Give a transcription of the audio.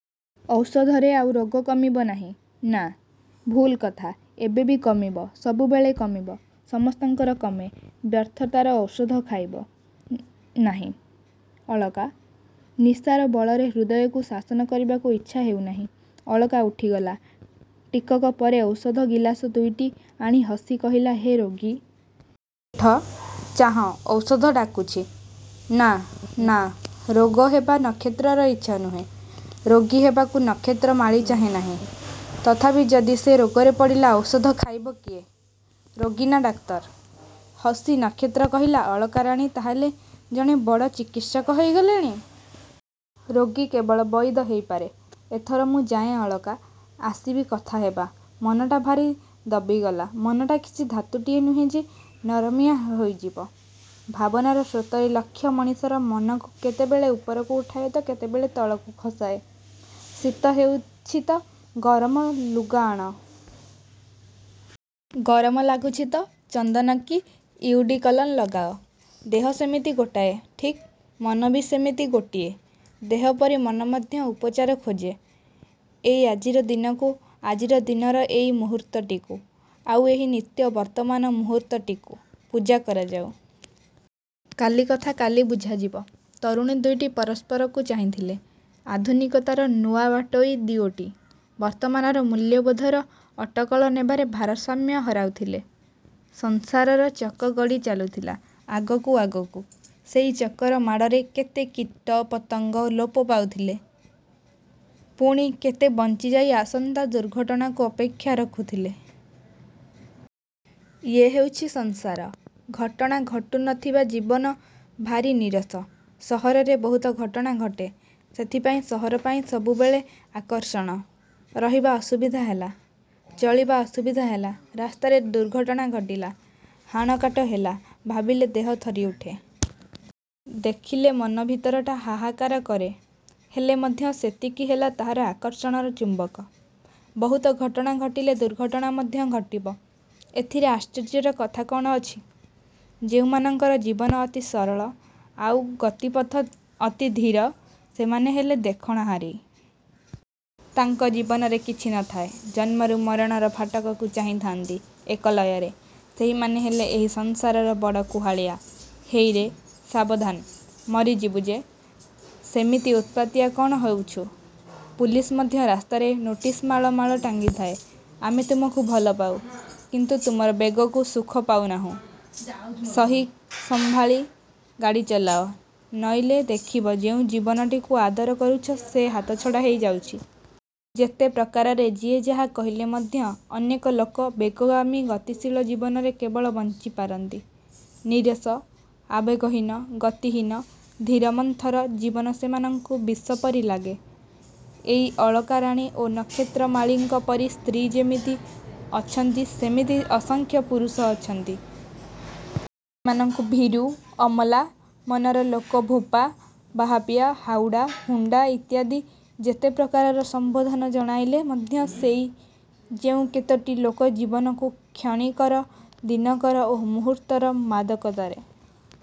-ଔଷଧରେ ଆଉ ରୋଗ କମିବ ନାହିଁ। -ନା। ଭୁଲ କଥା। ଏବେ ବି କମିବ-ସବୁବେଳେ କମିବ। ସମସ୍ତଙ୍କର କମେ। ବ୍ୟର୍ଥତାର ଔଷଧ ଖାଇବ? -ନାହିଁ, ଅଳକା। ନିଶାର ବଳରେ ହୃଦୟକୁ ଶାସନ କରିବାକୁ ଇଛା ହେଉ ନାହିଁ। ଅଳକା ଉଠିଗଲା। ଟିକକ ପରେ ଔଷଧ ଗିଲାସ ଦୁଇଟି ଆଣି ହସି କହିଲା-ହେ, ରୋଗୀ। ଉଠ-ଚାହଁ-ଔଷଧ ଡାକୁଛି। -ନା-ନା। -ରୋଗ ହେବା ନକ୍ଷତ୍ରର ଇଛା ନୁହେଁ। ରୋଗୀ ହେବାକୁ ନକ୍ଷତ୍ରମାଳୀ ଚାହେଁ ନାହିଁ। ତଥାପି ଯଦି ସେ ରୋଗରେ ପଡ଼ିଲା ଔଷଧ ଖାଇବ କିଏ? ରୋଗୀ ନା ଡାକ୍ତର? ହସି ନକ୍ଷତ୍ର କହିଲା-ଅଳକା ରାଣୀ ତାହାହେଲେ ଜଣେ ବଡ଼ ଚିକିତ୍ସକ ହେଇଗଲେଣି। ରୋଗୀ କେବଳ ବଇଦ ହେଇପାରେ ଏଥର ମୁଁ ଯାଏଁ ଅଳକା, ଆସିବି-କଥା ହେବା। ମନଟା ଭାରି ଦବିଗଲା। -ମନଟା କିଛି ଧାତୁଟିଏ ନୁହେଁ ଯେ ନରମିଆ ହୋଇଯିବ। ଭାବନାର ସ୍ରୋତର ଲକ୍ଷ୍ୟ ମଣିଷର ମନକୁ କେତେବେଳେ ଉପରକୁ ଉଠାଏ ତ କେତେବେଳେ ତଳକୁ ଖସାଏ। ଶୀତ ହେଉଛି ତ ଗରମ ଲୁଗା ଆଣ। ଗରମ ଲାଗୁଛି ତ ଚନ୍ଦନ କି ଇଉଡିକଲନ୍ ଲଗାଅ। ଦେହ ସେମିତି ଗୋଟାଏ। -ଠିକ୍। ମନଟି ବି ସେମିତି ଗୋଟିଏ। ଦେହ ପରି ମନ ମଧ୍ୟ ଉପଚାର ଖୋଜେ। -ଏଇ ଆଜିର ଦିନକୁ-ଆଜିର ଦିନର ଏଇ ମୁହୂର୍ତ୍ତଟିକୁ-ଆଉ ଏହି ନିତ୍ୟ ବର୍ତ୍ତମାନ ମୁହୂର୍ତ୍ତଟିକୁ ପୂଜା କରାଯାଉ। କାଲି କଥା କାଲି ବୁଝାଯିବ। ତରୁଣୀ ଦୁଇଟି ପରସ୍ପରକୁ ଚାହିଁଥିଲେ। ଆଧୁନିକତାର ନୂଆ ବାଟୋଇ ଦିଓଟି ବର୍ତ୍ତମାନର ମୂଲ୍ୟବୋଧର ଅଟକଳ ନେବାରେ ଭାରସାମ୍ୟ ହରାଉଥିଲେ। ସଂସାରର ଚକ ଗଡ଼ି ଚାଲୁଥିଲା-ଆଗକୁ-ଆଗକୁ। ସେଇ ଚକର ମାଡ଼ରେ କେତେ କୀଟପତଙ୍ଗ ଲୋପ ପାଉଥିଲେ। ପୁଣି କେତେ ବଞ୍ଚିଯାଇ ଆସନ୍ତା ଦୁର୍ଘଟଣାକୁ ଅପେକ୍ଷା ରଖୁଥିଲେ। ଇଏ ହେଉଛି ସଂସାର। ଘଟଣା ଘଟୁ ନ ଥିବା ଜୀବନ ଭାରି ନୀରସ। ସହରରେ ବହୁତ ଘଟଣା ଘଟେ-ସେଥିପାଇଁ ସହର ପାଇଁ ସବୁବେଳେ ଆକର୍ଷଣ। ରହିବା ଅସୁବିଧା ହେଲା। ଚଳିବା ଅସୁବିଧା ହେଲା। ରାସ୍ତାରେ ଦୁର୍ଘଟଣା ଘଟିଲା। ହାଣ କାଟ ହେଲା-ଭାବିଲେ ଦେହ ଥରି ଉଠେ। ଦେଖିଲେ ମନ ଭିତରଟା ହାହାକାର କରେ। ହେଲେ ମଧ୍ୟ ସେତିକି ହେଲା ତାହାର ଆକର୍ଷଣର ଚୁମ୍ବକ। ବହୁତ ଘଟଣା ଘଟିଲେ ଦୁର୍ଘଟଣା ମଧ୍ୟ ଘଟିବ। ଏଥିରେ ଆଶ୍ଚର୍ଯ୍ୟର କଥା କ'ଣ ଅଛି-? ଯେଉଁମାନଙ୍କର ଜୀବନ ଅତି ସରଳ ଆଉ ଗତିପଥ ଅତି ଧୀର-ସେମାନେ ହେଲେ ଦେଖଣାହାରୀ। ତାଙ୍କ ଜୀବନରେ କିଛି ନ ଥାଏ ଜନ୍ମରୁ ମରଣର ଫାଟକକୁ ଚାହିଁଥାନ୍ତି-ଏକ ଲୟରେ। ସେହିମାନେ ହେଲେ ଏହି ସଂସାରର ବଡ଼ କୁହାଳିଆ। -ହେଇରେ। ସାବଧାନ ମରିଯିବୁ ଯେ। ସେମିତି ଉତ୍ପାତିଆ କ'ଣ ହେଉଛୁ? ପୁଲିସ୍ ମଧ୍ୟ ରାସ୍ତାରେ ନୋଟିସ ମାଳ ମାଳ ଟାଙ୍ଗିଥାଏ-ଆମେ ତୁମକୁ ଭଲପାଉ; କିନ୍ତୁ ତମର ବେଗକୁ ସୁଖ ପାଉନାହିଁ-ସହି ସମ୍ଭାଳି ଗାଡ଼ି ଚଳାଅ-ନଇଲେ ଦେଖିବ ଯେଉଁ ଜୀବନଟିକୁ ଆଦର କରୁଛ ସେ ହାତଛଡ଼ା ହେଇ ଯାଉଛି। ଯେତେ ପ୍ରକାରରେ ଯିଏ ଯାହା କହିଲେ ମଧ୍ୟ ଅନେକ ଲୋକ ବେଗଗାମୀ ଗତିଶୀଳ ଜୀବନରେ କେବଳ ବଞ୍ଚି ପାରନ୍ତି। ନିରସ, ଆବେଗହୀନ, ଗତିହୀନ, ଧୀରମନ୍ଥର ଜୀବନ ସେମାନଙ୍କୁ ବିଷପରି ଲାଗେ। ଏଇ ଅଳକାରାଣୀ ଓ ନକ୍ଷତ୍ରମାଳୀଙ୍କପରି ସ୍ତ୍ରୀ ଯେମିତି ଅଛନ୍ତି ସେମିତି ଅସଂଖ୍ୟ ପୁରୁଷ ଅଛନ୍ତି। ସେମାନଙ୍କୁ ଭୀରୁ ଅମଲା ମନର ଲୋକ ଭୋପା, ବାହାପିଆ, ହାଉଡ଼ା, ହୁଣ୍ଡା ଇତ୍ୟାଦି ଯେତେ ପ୍ରକାରର ସମ୍ବୋଧନ ଜଣାଇଲେ ମଧ୍ୟ ସେଇ ଯେଉଁ କେତୋଟି ଲୋକ ଜୀବନକୁ କ୍ଷଣିକର-ଦିନକର-ଓ ମୁହୂର୍ତ୍ତର ମାଦକତାରେ